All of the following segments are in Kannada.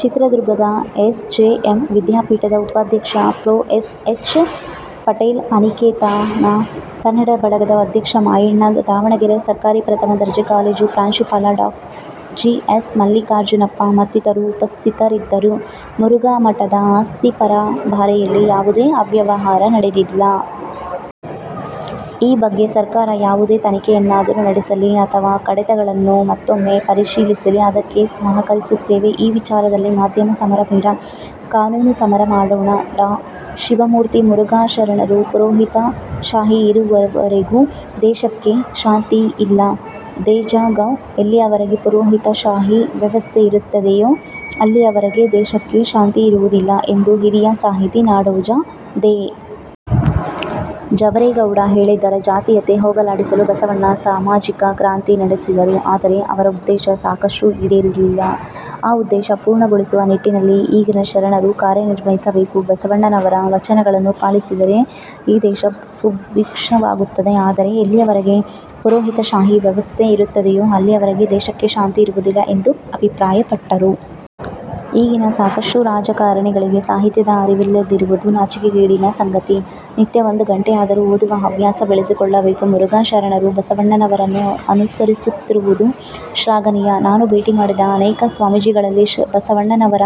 ಚಿತ್ರದುರ್ಗದ ಎಸ್. ಜೆ. ಎಂ. ವಿದ್ಯಾಪೀಠದ ಉಪಾಧ್ಯಕ್ಷ ಪ್ರೊ. ಎಸ್. ಎಚ್. ಪಟೇಲ್, ಅನಿಕೇತನ ಕನ್ನಡ ಬಳಗದ ಅಧ್ಯಕ್ಷ ಮಾಯಣ್ಣ, ದಾವಣಗೆರೆ ಸರ್ಕಾರಿ ಪ್ರಥಮದರ್ಜೆ ಕಾಲೇಜು ಪ್ರಾಂಶುಪಾಲ ಡಾ. ಜಿ. ಎಸ್. ಮಲ್ಲಿಕಾರ್ಜುನಪ್ಪ ಮತ್ತಿತರರು ಉಪಸ್ಥಿತರಿದ್ದರು. ಮುರುಘಾ ಮಠದ ಆಸ್ತಿ ಪರಭಾರೆಯಲ್ಲಿ ಯಾವುದೇ ಅವ್ಯವಹಾರ ನಡೆದಿಲ್ಲ. ಈ ಬಗ್ಗೆ ಸರ್ಕಾರ ಯಾವುದೇ ತನಿಖೆಯನ್ನಾದರೂ ನಡೆಸಲಿ. ಅಥವಾ ಕಡತಗಳನ್ನು ಮತ್ತೂಮ್ಮೆ ಪರಿಶೀಲಿಸಲಿ. ಅದಕ್ಕೆ ಸಹಕರಿಸುತ್ತೇವೆ. ಈ ವಿಚಾರದಲ್ಲಿ ಮಾಧ್ಯಮ ಸಮರ ಬೇಡ, ಕಾನೂನು ಸಮರ ಮಾಡೋಣ. ಡಾ. ಶಿವಮೂರ್ತಿ ಮುರಘಾ ಶರಣರು ಪುರೋಹಿತಶಾಹಿ ಇರೋವರೆಗೂ ದೇಶಕ್ಕೆ ಶಾಂತಿ ಇಲ್ಲ: ದೇಜಗೌ ಎಲ್ಲಿಯವರೆಗೆ ಪುರೋಹಿತಶಾಹಿ ವ್ಯವಸ್ಥೆ ಇರುತ್ತದೆಯೋ ಅಲ್ಲಿಯವರೆಗೆ ದೇಶಕ್ಕೆ ಶಾಂತಿ ಇರುವುದಿಲ್ಲ ಎಂದು ಹಿರಿಯ ಸಾಹಿತಿ ನಾಡೋಜ ದೇ. ಜವರೇಗೌಡ ಹೇಳಿದ್ದಾರೆ. ಜಾತೀಯತೆ ಹೋಗಲಾಡಿಸಲು ಬಸವಣ್ಣ ಸಾಮಾಜಿಕ ಕ್ರಾಂತಿ ನಡೆಸಿದರು. ಆದರೆ ಅವರ ಉದ್ದೇಶ ಸಾಕಷ್ಟು ಈಡೇರಲಿಲ್ಲ. ಆ ಉದ್ದೇಶ ಪೂರ್ಣಗೊಳಿಸುವ ನಿಟ್ಟಿನಲ್ಲಿ ಈಗಿನ ಶರಣರು ಕಾರ್ಯನಿರ್ವಹಿಸಬೇಕು. ಬಸವಣ್ಣನವರ ವಚನಗಳನ್ನು ಪಾಲಿಸಿದರೆ ಈ ದೇಶ ಸುಭಿಕ್ಷವಾಗುತ್ತದೆ. ಆದರೆ ಎಲ್ಲಿಯವರೆಗೆ ಪುರೋಹಿತಶಾಹಿ ವ್ಯವಸ್ಥೆ ಇರುತ್ತದೆಯೋ ಅಲ್ಲಿಯವರೆಗೆ ದೇಶಕ್ಕೆ ಶಾಂತಿ ಇರುವುದಿಲ್ಲ ಎಂದು ಅಭಿಪ್ರಾಯಪಟ್ಟರು. ಈಗಿನ ಸಾಕಷ್ಟು ರಾಜಕಾರಣಿಗಳಿಗೆ ಸಾಹಿತ್ಯದ ಅರಿವಿಲ್ಲದಿರುವುದು ನಾಚಿಕೆಗೇಡಿನ ಸಂಗತಿ. ನಿತ್ಯ ಒಂದು ಗಂಟೆಯಾದರೂ ಓದುವ ಹವ್ಯಾಸ ಬೆಳೆಸಿಕೊಳ್ಳಬೇಕು. ಮುರುಘಾ ಶರಣರು ಬಸವಣ್ಣನವರನ್ನು ಅನುಸರಿಸುತ್ತಿರುವುದು ಶ್ಲಾಘನೀಯ. ನಾನು ಭೇಟಿ ಮಾಡಿದ ಅನೇಕ ಸ್ವಾಮೀಜಿಗಳಲ್ಲಿ ಬಸವಣ್ಣನವರ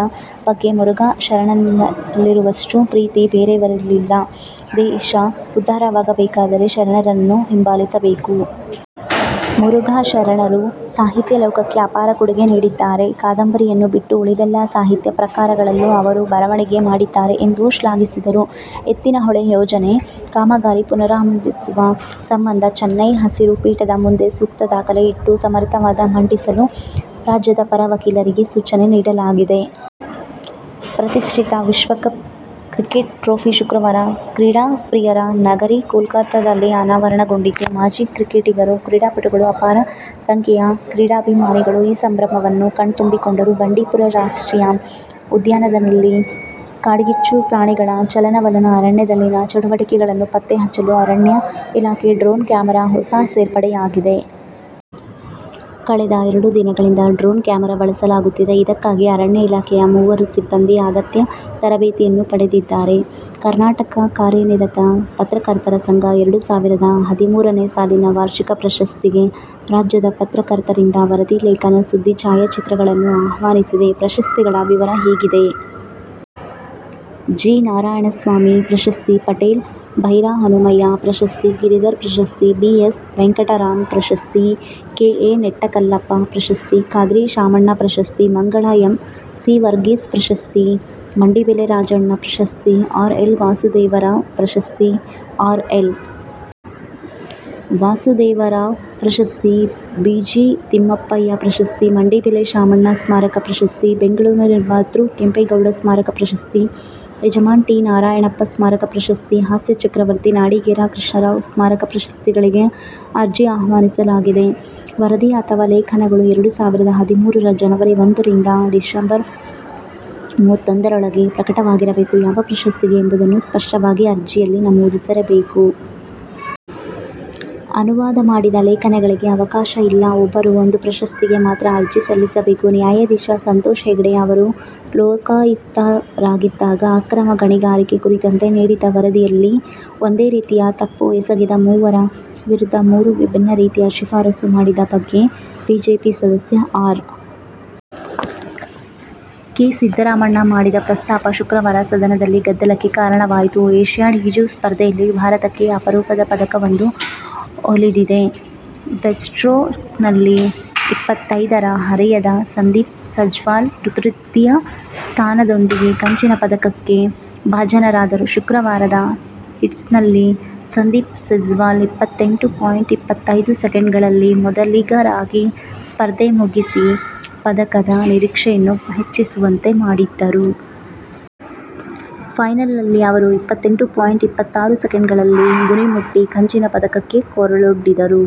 ಬಗ್ಗೆ ಮುರುಘಾ ಶರಣರಲ್ಲಿರುವಷ್ಟು ಪ್ರೀತಿ ಬೇರೆಯವರಲ್ಲಿಲ್ಲ. ದೇಶ ಉದ್ಧಾರವಾಗಬೇಕಾದರೆ ಶರಣರನ್ನು ಹಿಂಬಾಲಿಸಬೇಕು. ಮುರುಘಾ ಶರಣರು ಸಾಹಿತ್ಯ ಲೋಕಕ್ಕೆ ಅಪಾರ ಕೊಡುಗೆ ನೀಡಿದ್ದಾರೆ. ಕಾದಂಬರಿಯನ್ನು ಬಿಟ್ಟು ಉಳಿದೆಲ್ಲಾ ಸಾಹಿತ್ಯ ಪ್ರಕಾರಗಳಲ್ಲೂ ಅವರು ಬರವಣಿಗೆ ಮಾಡಿದ್ದಾರೆ ಎಂದು ಶ್ಲಾಘಿಸಿದರು. ಎತ್ತಿನಹೊಳೆ ಯೋಜನೆ ಕಾಮಗಾರಿ ಪುನಾರಂಭಿಸುವ ಸಂಬಂಧ ಚೆನ್ನೈ ಹಸಿರು ಪೀಠದ ಮುಂದೆ ಸೂಕ್ತ ದಾಖಲೆ ಇಟ್ಟು ಸಮರ್ಥ ವಾದ ಮಂಡಿಸಲು ರಾಜ್ಯದ ಪರ ವಕೀಲರಿಗೆ ಸೂಚನೆ ನೀಡಲಾಗಿದೆ. ಪ್ರತಿಷ್ಠಿತ ವಿಶ್ವಕಪ್ ಕ್ರಿಕೆಟ್ ಟ್ರೋಫಿ ಶುಕ್ರವಾರ ಕ್ರೀಡಾಪ್ರಿಯರ ನಗರಿ ಕೋಲ್ಕತಾದಲ್ಲಿ ಅನಾವರಣಗೊಂಡಿತು. ಮಾಜಿ ಕ್ರಿಕೆಟಿಗರು, ಕ್ರೀಡಾಪಟುಗಳು, ಅಪಾರ ಸಂಖ್ಯೆಯ ಕ್ರೀಡಾಭಿಮಾನಿಗಳು ಈ ಸಂಭ್ರಮವನ್ನು ಕಣ್ತುಂಬಿಕೊಂಡರು. ಬಂಡೀಪುರ ರಾಷ್ಟ್ರೀಯ ಉದ್ಯಾನದಲ್ಲಿ ಕಾಡ್ಗಿಚ್ಚು, ಪ್ರಾಣಿಗಳ ಚಲನವಲನ, ಅರಣ್ಯದಲ್ಲಿನ ಚಟುವಟಿಕೆಗಳನ್ನು ಪತ್ತೆ ಹಚ್ಚಲು ಅರಣ್ಯ ಇಲಾಖೆ ಡ್ರೋನ್ ಕ್ಯಾಮರಾ ಹೊಸ ಸೇರ್ಪಡೆಯಾಗಿದೆ. ಕಳೆದ ಎರಡು ದಿನಗಳಿಂದ ಡ್ರೋನ್ ಕ್ಯಾಮರಾ ಬಳಸಲಾಗುತ್ತಿದೆ ಇದಕ್ಕಾಗಿ ಅರಣ್ಯ ಇಲಾಖೆಯ ಮೂವರು ಸಿಬ್ಬಂದಿ ಅಗತ್ಯ ತರಬೇತಿಯನ್ನೂ ಪಡೆದಿದ್ದಾರೆ. ಕರ್ನಾಟಕ ಕಾರ್ಯನಿರತ ಪತ್ರಕರ್ತರ ಸಂಘ ಎರಡು ಸಾವಿರದ ಹದಿಮೂರನೇ ಸಾಲಿನ ವಾರ್ಷಿಕ ಪ್ರಶಸ್ತಿಗೆ ರಾಜ್ಯದ ಪತ್ರಕರ್ತರಿಂದ ವರದಿ ಲೇಖನ ಸುದ್ದಿ ಛಾಯಾಚಿತ್ರಗಳನ್ನು ಆಹ್ವಾನಿಸಿದೆ ಪ್ರಶಸ್ತಿಗಳ ವಿವರ ಹೀಗಿದೆ. ಜಿ. ನಾರಾಯಣಸ್ವಾಮಿ ಪ್ರಶಸ್ತಿ, ಪಟೇಲ್ ಭೈರಹನುಮಯ್ಯ ಪ್ರಶಸ್ತಿ, ಗಿರಿಧರ್ ಪ್ರಶಸ್ತಿ, ಬಿ. ಎಸ್. ವೆಂಕಟರಾಂ ಪ್ರಶಸ್ತಿ, ಕೆ. ಎ. ನೆಟ್ಟಕಲ್ಲಪ್ಪ ಪ್ರಶಸ್ತಿ, ಖಾದ್ರಿ ಶಾಮಣ್ಣ ಪ್ರಶಸ್ತಿ, ಮಂಗಳ ಎಂ. ಸಿ. ವರ್ಗೀಸ್ ಪ್ರಶಸ್ತಿ, ಮಂಡಿಬೆಲೆ ರಾಜಣ್ಣ ಪ್ರಶಸ್ತಿ, ಆರ್. ಎಲ್. ವಾಸುದೇವರಾವ್ ಪ್ರಶಸ್ತಿ, ಆರ್. ಎಲ್. ವಾಸುದೇವರಾವ್ ಪ್ರಶಸ್ತಿ, ಬಿ. ಜಿ. ತಿಮ್ಮಪ್ಪಯ್ಯ ಪ್ರಶಸ್ತಿ, ಮಂಡಿಬೆಲೆ ಶಾಮಣ್ಣ ಸ್ಮಾರಕ ಪ್ರಶಸ್ತಿ, ಬೆಂಗಳೂರು ನಿರ್ಮಾತೃ ಕೆಂಪೇಗೌಡ ಸ್ಮಾರಕ ಪ್ರಶಸ್ತಿ, ಯಜಮಾನ್ ಟಿ. ನಾರಾಯಣಪ್ಪ ಸ್ಮಾರಕ ಪ್ರಶಸ್ತಿ, ಹಾಸ್ಯ ಚಕ್ರವರ್ತಿ ನಾಡಿಗೇರ ಕೃಷ್ಣರಾವ್ ಸ್ಮಾರಕ ಪ್ರಶಸ್ತಿಗಳಿಗೆ ಅರ್ಜಿ ಆಹ್ವಾನಿಸಲಾಗಿದೆ. ವರದಿ ಅಥವಾ ಲೇಖನಗಳು ಎರಡು ಸಾವಿರದ ಹದಿಮೂರರ ಜನವರಿ ಒಂದುರಿಂದ ಡಿಸಂಬರ್ ಮೂವತ್ತೊಂದರೊಳಗೆ ಪ್ರಕಟವಾಗಿರಬೇಕು ಯಾವ ಪ್ರಶಸ್ತಿಗೆ ಎಂಬುದನ್ನು ಸ್ಪಷ್ಟವಾಗಿ ಅರ್ಜಿಯಲ್ಲಿ ನಮೂದಿಸಿರಬೇಕು. ಅನುವಾದ ಮಾಡಿದ ಲೇಖನಗಳಿಗೆ ಅವಕಾಶ ಇಲ್ಲ. ಒಬ್ಬರು ಒಂದು ಪ್ರಶಸ್ತಿಗೆ ಮಾತ್ರ ಅರ್ಜಿ ಸಲ್ಲಿಸಬೇಕು. ನ್ಯಾಯಾಧೀಶ. ಸಂತೋಷ್ ಹೆಗ್ಡೆ ಅವರು ಲೋಕಾಯುಕ್ತರಾಗಿದ್ದಾಗ ಅಕ್ರಮ ಗಣಿಗಾರಿಕೆ ಕುರಿತಂತೆ ನೀಡಿದ್ದ ವರದಿಯಲ್ಲಿ ಒಂದೇ ರೀತಿಯ ತಪ್ಪು ಎಸಗಿದ ಮೂವರ ವಿರುದ್ಧ ಮೂರು ವಿಭಿನ್ನ ರೀತಿಯ ಶಿಫಾರಸು ಮಾಡಿದ್ದ ಬಗ್ಗೆ ಬಿಜೆಪಿ ಸದಸ್ಯ ಆರ್. ಕೆ. ಸಿದ್ದರಾಮಣ್ಣ ಮಾಡಿದ ಪ್ರಸ್ತಾಪ ಶುಕ್ರವಾರ ಸದನದಲ್ಲಿ ಗದ್ದಲಕ್ಕೆ ಕಾರಣವಾಯಿತು. ಏಷ್ಯಾಡ್ ಈಜು ಸ್ಪರ್ಧೆಯಲ್ಲಿ ಭಾರತಕ್ಕೆ ಅಪರೂಪದ ಪದಕವೊಂದು ಒಲಿದಿದೆ. ಬ್ರೆಸ್ಟ್ಸ್ಟ್ರೋಕ್ನಲ್ಲಿ ಇಪ್ಪತ್ತೈದರ ಹರೆಯದ ಸಂದೀಪ್ ಸೆಜ್ವಾಲ್ ತೃತೀಯ ಸ್ಥಾನದೊಂದಿಗೆ ಕಂಚಿನ ಪದಕಕ್ಕೆ ಭಾಜನರಾದರು ಶುಕ್ರವಾರದ ಹೀಟ್ಸ್ನಲ್ಲಿ ಸಂದೀಪ್ ಸೆಜ್ವಾಲ್ ಇಪ್ಪತ್ತೆಂಟು ಪಾಯಿಂಟ್ ಇಪ್ಪತ್ತೈದು ಸೆಕೆಂಡ್ಗಳಲ್ಲಿ ಮೊದಲಿಗರಾಗಿ ಸ್ಪರ್ಧೆ ಮುಗಿಸಿ ಪದಕದ ನಿರೀಕ್ಷೆಯನ್ನು ಹೆಚ್ಚಿಸುವಂತೆ ಮಾಡಿದ್ದರು. ಫೈನಲ್ನಲ್ಲಿ ಅವರು ಇಪ್ಪತ್ತೆಂಟು ಪಾಯಿಂಟ್ ಇಪ್ಪತ್ತಾರು ಸೆಕೆಂಡ್ಗಳಲ್ಲಿ ಗುರಿ ಮುಟ್ಟಿ ಕಂಚಿನ ಪದಕಕ್ಕೆ ಕೊರಳೊಡ್ಡಿದರು.